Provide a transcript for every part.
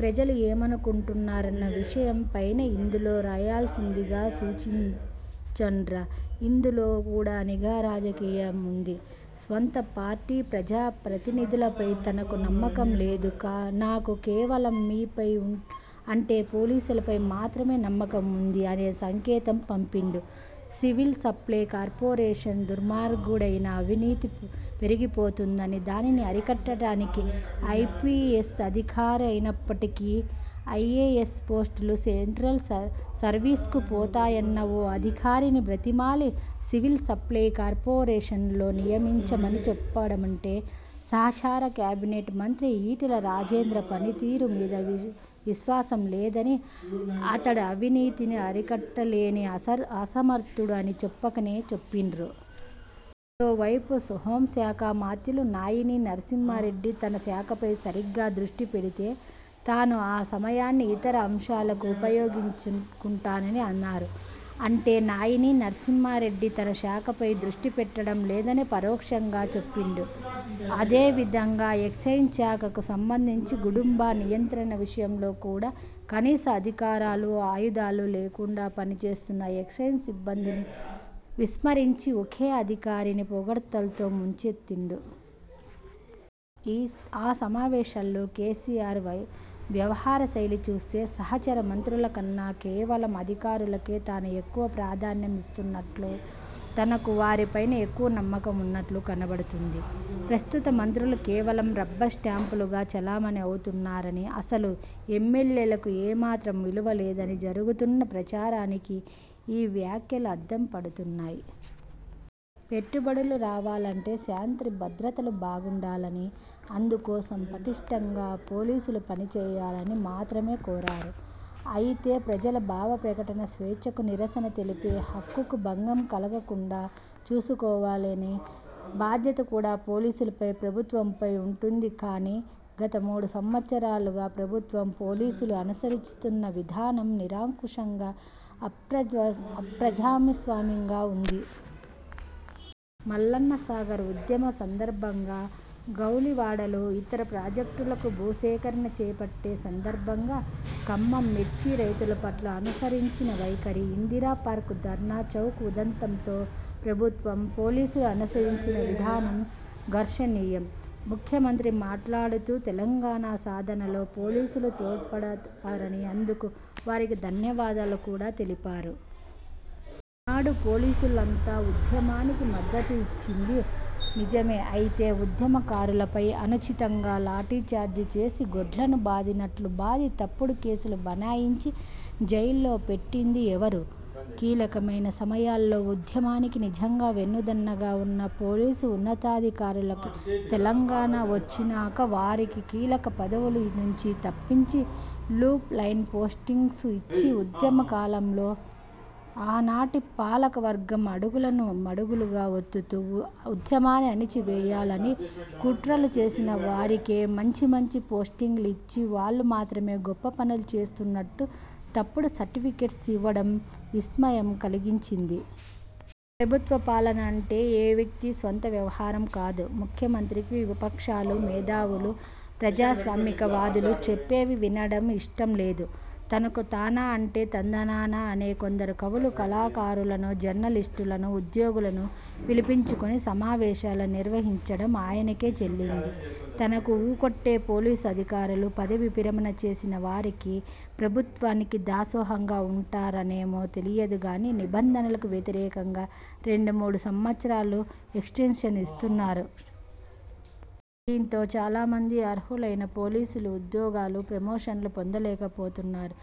ప్రజలు ఏమనుకుంటున్నారన్న విషయం పైనాఇందులో రాయాల్సిందిగా సూచించిండ్ర. ఇందులో కూడా నిఘా రాజకీయం ఉంది. స్వంత పార్టీ ప్రజాప్రతినిధులపై తనకు నమ్మకం లేదు, నాకు కేవలం మీపై అంటే పోలీసులపై మాత్రమే నమ్మకం ఉంది అనే సంకేతం పంపిండు. సివిల్ సప్లై కార్పొరేషన్లో దుర్మార్గమైన అవినీతి పెరిగిపోయిందని, దానిని అరికట్టడానికి ఐపీఎస్ అధికారైనప్పటికి, ఐఏఎస్ పోస్టులో సెంట్రల్ సర్వీస్కు పోతానన్న ఓ అధికారిని బ్రతిమాలి సివిల్ సప్లై కార్పొరేషన్లో నియమించామని చెప్పడమంటే, సహచర కేబినెట్ మంత్రి ఈటెల రాజేందర్ పనితీరు మీద విశ్వాసం లేదని, అతడు అవినీతిని అరికట్టలేని అసమర్థుడు అని చెప్పకనే చెప్పిండు. మరోవైపు హోంశాఖా మాత్యులు నాయిని నర్సింహారెడ్డి తన శాఖపై సరిగ్గా దృష్టి పెడితే, తాను ఆ సమయాన్ని ఇతర అంశాలకు ఉపయోగించుకుంటానని అన్నారు. అంటే నాయిని నర్సింహారెడ్డి తన శాఖపై దృష్టిపెట్టడం లేదని పరోక్షంగా చెప్పిండు. అదే విధంగా, ఎక్సైజ్ శాఖకు సంబంధించి గుడుంబా నియంత్రణ విషయంలో కూడా కనీస అధికారాలు, ఆయుధాలు లేకుండా పనిచేస్తున్న ఎక్సైజ్ సిబ్బందిని విస్మరించి ఒకే అధికారిని పొగడ్తలతో ముంచెత్తిండు. ఆ సమావేశంలో కేసీఆర్ వ్యవహార శైలి చూస్తే, సహచర మంత్రుల కన్న, కేవలం అధికారులకే తాను ఎక్కువ ప్రాధాన్యం ఇస్తున్నట్లు, తనకు వారిపైనే ఎక్కువ నమ్మకం ఉన్నట్లు కనబడుతుంది. ప్రస్తుత మంత్రులు కేవలం రబ్బర్ స్టాంపులుగా చలామణి అవుతున్నారని, అసలు ఎమ్మెల్యేలకు ఏమాత్రం విలువలేదని జరుగుతున్న ప్రచారానికి ఈ వ్యాఖ్యలు అద్దం పడుతున్నాయి. పెట్టుబడులు రావాలంటే శాంతిభధ్రతలు బాగుండాలని, అందుకోసం పటిష్ఠంగా పోలీసులు పనిచేయాలని మాత్రమే కోరారు. అయితే ప్రజల భావప్రకటన స్వేచ్ఛకు, నిరసన తెలిపే హక్కుకు భంగం కలగకుండా చూసుకోవాల ని భాధ్యత కూడా పోలీసులుపై, ప్రభుత్వంపై ఉంటుంది. కానీ గత మూడు సంవత్సరాలుగా ప్రభుత్వం, పోలీసుల అనుసరిస్తున్న విధానం నిరంకుశంగా, అప్రజాస్వామికంగా ఉంది. మల్లన్నసాగర్ ఉద్యమ సందర్భంగా, గౌలివాడలో, ఇతర ప్రాజెక్టులకు భూసేకరణ చేపట్టే సందర్భంగా, ఖమ్మం మిర్చి రైతుల పట్ల అనుసరించిన వైఖరి, ఇందిరా పార్క్ ధర్నా చౌక్ ఉదంతంలో ప్రభుత్వం, పోలీసులు అనుసరించిన విధానం గర్హనీయం. ముఖ్యమంత్రి మాట్లాడుతూ, తెలంగాణ సాధనలో పోలీసులు తోడ్పడ్డారని, అందుకు వారికి ధన్యవాదాలు కూడా తెలిపినారు. ఆనాడు పోలీసులంతా ఉద్యమానికి మద్దతు ఇచ్చింది నిజమే అయితే, ఉద్యమకారులపై అనుచితంగా లాఠీచార్జి చేసి గొడ్లను బాదినట్లు బాది, తప్పుడు కేసులు బనాయించి జైళ్లలో పెట్టింది ఎవరు? కీలకమైన సమయాలలో ఉద్యమానికి నిజంగా వెన్నుదన్నుగా ఉన్న పోలీసు ఉన్నతాధికారులని తెలంగాణ వచ్చినంక, వారిని కీలక పదవుల నుంచి తప్పించి, లూప్ లైన్ పోస్టింగ్స్ ఇచ్చి, ఉద్యమ కాలంలో ఆనాటి పాలకవర్గం అడుగులకు మడుగులు వత్తుతూ ఉద్యమాన్ని అణచివేయాలని కుట్రలు చేసిన వారికే మంచి మంచి పోస్టింగులు ఇచ్చి, వాళ్లు మాత్రమే గొప్ప పనులు చేస్తున్నట్లు, తప్పుడు సర్టిఫికెట్స్ ఇవ్వడం విస్మయం కలిగించింది. ప్రభుత్వ పాలన అంటే ఏ వ్యక్తి స్వంత వ్యవహారం కాదు. ముఖ్యమంత్రికి విపక్షాలు, మేధావులు, ప్రజాస్వామికవాదులు చెప్పేవి వినడం ఇష్టం లేదు. తనకు తానా అంటే తందానా అనే కొందరు కవులు, కళాకారులను, జర్నలిస్టులను, ఉద్యోగులను పిలిపించుకొని సమావేశాలు నిర్వహించడం ఆయనకే చెల్లింది. తనకు ఊకొట్టే పోలీసు అధికారులు పదవీ విరమణ చేసినా వారికి, ప్రభుత్వానికి దాసోహంగా ఉంటారనేమో తెలియదు కానీ, నిబంధనలకు వ్యతిరేకంగా రెండు, మూడు సంవత్సరాలు ఎక్స్టెన్షన్ ఇస్తున్నారు. దీంతో చాలా మంది అర్హులైన పోలీసు ఉద్యోగులు ప్రమోషన్లు పొందలేకపోతున్నారు.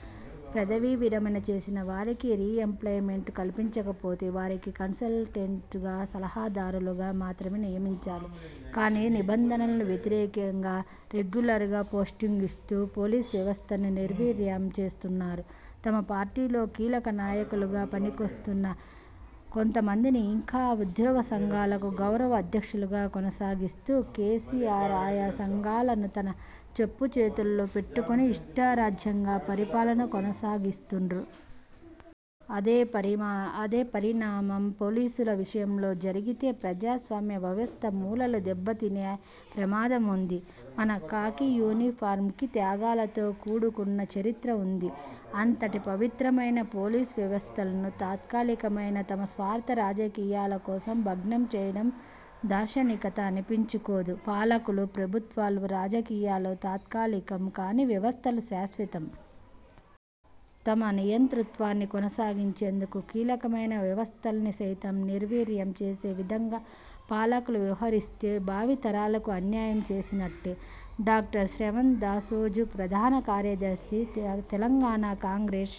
పదవీ విరమణ చేసిన వారికి రీఎంప్లాయ్మెంట్ కల్పించినట్లయితే, వారికి కన్సల్టెంట్లుగా, సలహాదారులుగా మాత్రమే నియమించాలి. కానీ నిబంధనలకు వ్యతిరేకంగా రెగ్యులర్ పోస్టింగ్స్ ఇస్తూ పోలీసు వ్యవస్థను నిర్వీర్యం చేస్తున్నారు. తమ పార్టీలో కీలక నాయకులుగా పనిచేస్తున్న కొంతమందిని ఇంకా ఉద్యోగ సంఘాలకు గౌరవ అధ్యక్షులుగా కొనసాగిస్తూ, కేసీఆర్ ఆయా సంఘాలను తన చెప్పుచేతల్లో పెట్టుకుని, ఇష్టారాజ్యంగా పరిపాలన కొనసాగిస్తుండ్రు. అదే పరిణామం పోలీసుల విషయంలో జరిగితే, ప్రజాస్వామ్య వ్యవస్థ మూలాలు దెబ్బతినే ప్రమాదం ఉంది. మన ఖాకీ యూనిఫారంకి త్యాగాలతో కూడుకున్న చరిత్ర ఉంది. అంతటి పవిత్రమైన పోలీసు వ్యవస్థను తాత్కాలికమైన తమ స్వార్థ రాజకీయాల కోసం భగ్నం చేయడం దార్శనికత అనిపించుకోదు. పాలకులు, ప్రభుత్వాలు, రాజకీయాలు తాత్కాలికం, కానీ వ్యవస్థలు శాశ్వతం. తమ నియంతృత్వాన్ని కొనసాగించేందుకు కీలకమైన వ్యవస్థల్ని సైతం నిర్వీర్యంచేసే విధంగా పాలకులు వ్యవహరిస్తే, భావి తరాలకు అన్యాయం చేసినట్లే. డాక్టర్ శ్రవణ్ దాసోజుప్రధాన కార్యదర్శి, తెలంగాణ కాంగ్రెస్